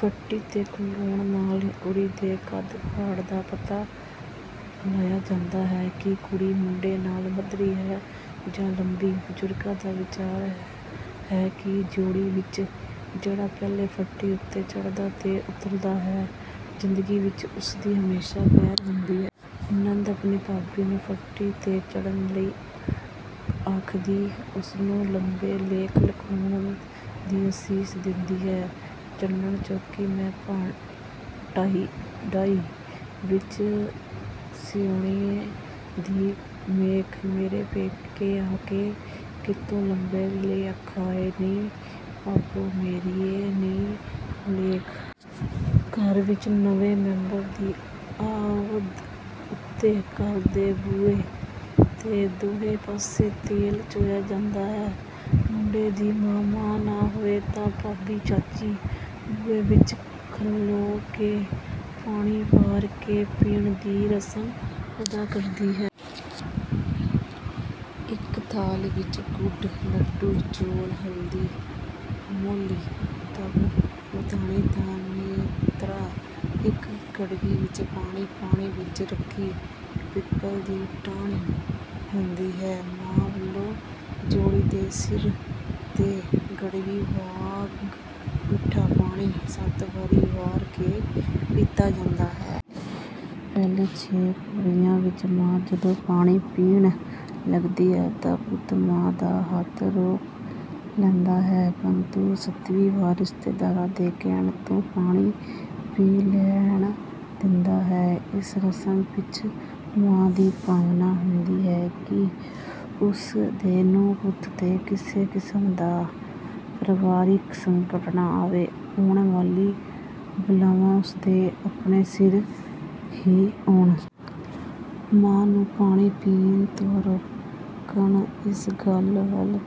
ਫੱਟੀ ਤੇ ਖੜ੍ਹਾਉਣ ਨਾਲ ਕੁੜੀ ਦੇ ਕਦ-ਕਾਠ ਦਾ ਪਤਾ ਲਾਇਆ ਜਾਂਦਾ ਹੈ ਕਿ ਕੁੜੀ, ਮੁੰਡੇ ਨਾਲੋਂ ਮਧਰੀ ਹੈ ਜਾਂ ਲੰਮੀ। ਬਜ਼ੁਰਗਾਂ ਦਾ ਵਿਚਾਰ ਹੈ ਕਿ ਜੋੜੀ ਵਿੱਚੋਂ ਜਿਹੜਾ ਪਹਿਲਾਂ ਫੱਟੀ ਉੱਤੇ ਚੜ੍ਹਦਾ ਤੇ ਉਤਰਦਾ ਹੈ, ਜ਼ਿੰਦਗੀ ਵਿੱਚ ਉਸ ਦੀ ਹਮੇਸ਼ਾ ਪਹਿਲ ਰਹਿੰਦੀ ਹੈ। ਨਣਦ ਆਪਣੀ ਭਾਬੀ ਨੂੰ ਫੱਟੀ ਤੇ ਚੜ੍ਹਨ ਲਈ ਆਖਦੀ, ਉਸਨੂੰ ਲੰਮੇ ਲੇਖ ਲਿਖਾਉਣ ਦੀ ਅਸੀਸ ਦਿੰਦੀ ਹੈ: "ਚੰਨਣ ਚੌਕੀ ਮੈਂ ਡਾਈ, ਵਿੱਚ ਸਿਉਣੇ ਦੀ ਮੇਖ। ਮੇਰੇ ਪੇਕੀ ਆ ਕੇ, ਕਿਤੋਂ ਲੰਮੇ ਲਿਖਾਈਨੀ ਭਾਬੋ ਮੇਰੀਏ ਨੀ ਲੇਖ।" ਘਰ ਵਿੱਚ ਨਵੇਂ ਮੈਂਬਰ ਦੀ ਆਵਦ ਉੱਤੇ ਘਰ ਦੇ ਬੂਹੇ ਦੇ ਦੋਹੀਂ ਪਾਸੇ ਤੇਲ ਚੋਇਆ ਜਾਂਦਾ ਹੈ। ਮੁੰਡੇ ਦੀ ਮਾਂ, ਮਾਂ ਨਾ ਹੋਵੇ ਤਾਂ ਤਾਈ, ਚਾਚੀ, ਬੂਹੇ ਵਿੱਚ ਖਲੋ ਕੇ 'ਪਾਣੀ ਵਾਰ ਕੇ ਪੀਣ' ਦੀ ਰਸਮ ਅਦਾ ਕਰਦੀ ਹੈ। ਇੱਕ ਥਾਲ ਵਿੱਚ ਗੁੜ, ਲੱਡੂ, ਚੌਲ, ਹਲਦੀ, ਮੌਲੀ, ਦੱਬ, ਮਧਾਣੀ ਦਾ ਨੇਤਰਾ, ਇੱਕ ਗੜਵੀ ਵਿੱਚ ਪਾਣੀ, ਪਾਣੀ ਵਿੱਚ ਰੱਖੀ ਪਿੱਪਲ ਦੀ ਫਾਹਣੀ ਹੁੰਦੀ ਹੈ। ਮਾਂ ਵੱਲੋਂ ਜੋੜੀ ਦੇ ਸਿਰ ਤੋਂ ਗੜਵੀ ਵਾਰਾ ਮਿੱਠਾ ਪਾਣੀ ਸੱਤ ਵਾਰੀ ਵਾਰ ਕੇ ਪੀਤਾ ਜਾਂਦਾ ਹੈ। ਪਹਿਲੇ ਛੇ ਗੇੜਿਆਂ ਵਿੱਚ ਮਾਂ ਜਦੋਂ ਪਾਣੀ ਪੀਣ ਲੱਗਦੀ ਹੈ ਤਾਂ ਪੁੱਤ ਮਾਂ ਦਾ ਹੱਕ ਰੋਕ ਲੈਂਦਾ ਹੈ, ਪਰੰਤੂ ਸਤਵੀਂ ਵਾਰ ਰਿਸ਼ਤੇਦਾਰਾਂ ਦੇ ਕਹਿਣ ਤੇ ਪਾਣੀ ਪੀ ਲੈਣ ਦਿੰਦਾ ਹੈ। ਇਸ ਰਸਮ ਪਿੱਛੇ ਮਾਂ ਦੀ ਭਾਵਨਾ ਹੁੰਦੀ ਹੈ ਕਿ ਉਸ ਦੇ ਨੂੰਹ-ਪੁੱਤ ਤੇ ਕਿਸੇ ਕਿਸਮ ਦਾ ਪਰਿਵਾਰਕ ਸੰਕਟ ਨਾ ਆਵੇ, ਆਉਣ ਵਾਲੀਆਂ ਬਲਾਵਾਂ ਉਸ ਦੇ ਆਪਣੇ ਸਿਰ ਹੀ ਆਉਣ। ਮਾਂ ਨੂੰ ਪਾਣੀ ਪੀਣ ਤੋਂ ਰੋਕਣਾ ਇਸ ਗੱਲ ਵੱਲ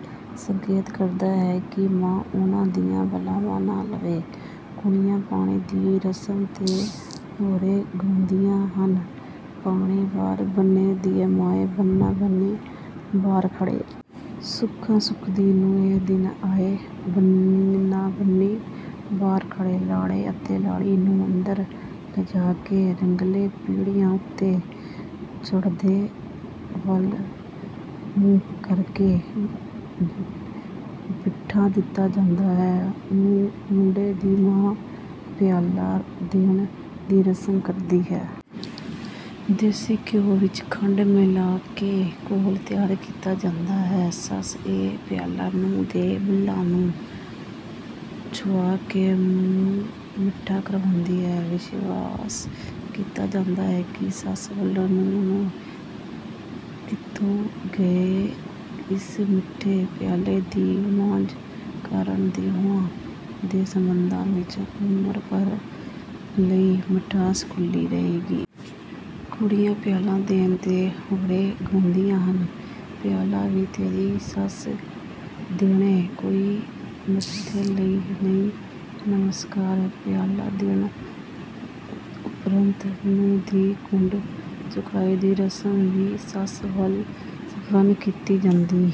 ਸੰਕੇਤ ਕਰਦਾ ਹੈ ਕਿ ਮਾਂ ਉਨ੍ਹਾਂ ਦੀਆਂ ਬਲਾਵਾਂ ਨਾ ਲਏ। ਕੁੜੀਆਂ ਪਾਣੀ ਦੀ ਰਸਮ ਦੇ ਹੋਅਰੇ ਗਾਉਂਦੀਆਂ ਹਨ: "ਪਾਣੀ ਵਾਰ ਬੰਨੇ ਦੀਏ ਮਾਏ, ਬੰਨਾ-ਬੰਨੀ ਬਾਹਰ ਖੜ੍ਹੇ। ਸੁੱਖਾਂ ਸੁਖਦੀ ਨੂੰ ਇਹ ਦਿਨ ਆਏ, ਬੰਨਾ-ਬੰਨੀ ਬਾਹਰ ਖੜ੍ਹੇ।" ਲਾੜੇ ਅਤੇ ਲਾੜੀ ਨੂੰ ਅੰਦਰ ਲਿਜਾ ਕੇ ਰੰਗਲੇ ਪੀੜ੍ਹਿਆਂ ਉੱਤੇ ਚੜ੍ਹਦੇ ਵੱਲ ਮੂੰਹ ਕਰਵਾ ਕੇ ਬਿਠਾ ਦਿੱਤਾ ਜਾਂਦਾ ਹੈ। ਮੁੰਡੇ ਦੀ ਮਾਂ 'ਪਿਆਲਾ ਦੇਣ' ਦੀ ਰਸਮ ਕਰਦੀ ਹੈ। ਦੇਸੀ ਘਿਉ ਵਿੱਚ ਖੰਡ ਮਿਲਾ ਕੇ ਘੋਲ ਤਿਆਰ ਕੀਤਾ ਜਾਂਦਾ ਹੈ। ਸੱਸ, ਇਹ ਪਿਆਲਾ ਨੂੰਹ ਦੇ ਬੁੱਲ੍ਹਾਂ ਨੂੰ ਛੁਹਾ ਕੇ ਮੂੰਹ ਮਿੱਠਾ ਕਰਵਾਉਂਦੀ ਹੈ। ਵਿਸ਼ਵਾਸ ਕੀਤਾ ਜਾਂਦਾ ਹੈ ਕਿ ਸੱਸ ਵੱਲੋਂ ਨੂੰਹ ਨੂੰ ਦਿੱਤੇ ਗਏ ਇਸ ਮਿੱਠੇ ਪਿਆਲੇ ਦੀ ਸਾਂਝ ਕਾਰਨ ਦੋਹਾਂ ਦੇ ਸੰਬੰਧਾਂ ਵਿੱਚ ਉਮਰ ਭਰ ਲਈ ਮਿਠਾਸ ਘੁਲੀ ਰਹੇਗੀ। ਕੁੜੀਆਂ 'ਪਿਆਲਾ ਦੇਣ' ਦੇ ਹੋਅਰੇ ਗਾਉਂਦੀਆਂ ਹਨ: "ਪਿਆਲਾ ਵੀ ਤੇਰੀ ਸੱਸ ਦੇਣੇ, ਕੋਈ ਮੱਥੇ ਲਈ ਨੀ ਨਮਸ਼ਕਾਰ।" ਪਿਆਲਾ ਦੇਣ ਉਪਰੰਤ ਨੂੰਹ ਦੀ ਘੁੰਡ ਚੁਕਾਈ ਦੀ ਰਸਮ ਵੀ ਸੱਸ ਵੱਲੋਂ ਸੰਪੰਨ ਕੀਤੀ ਜਾਂਦੀ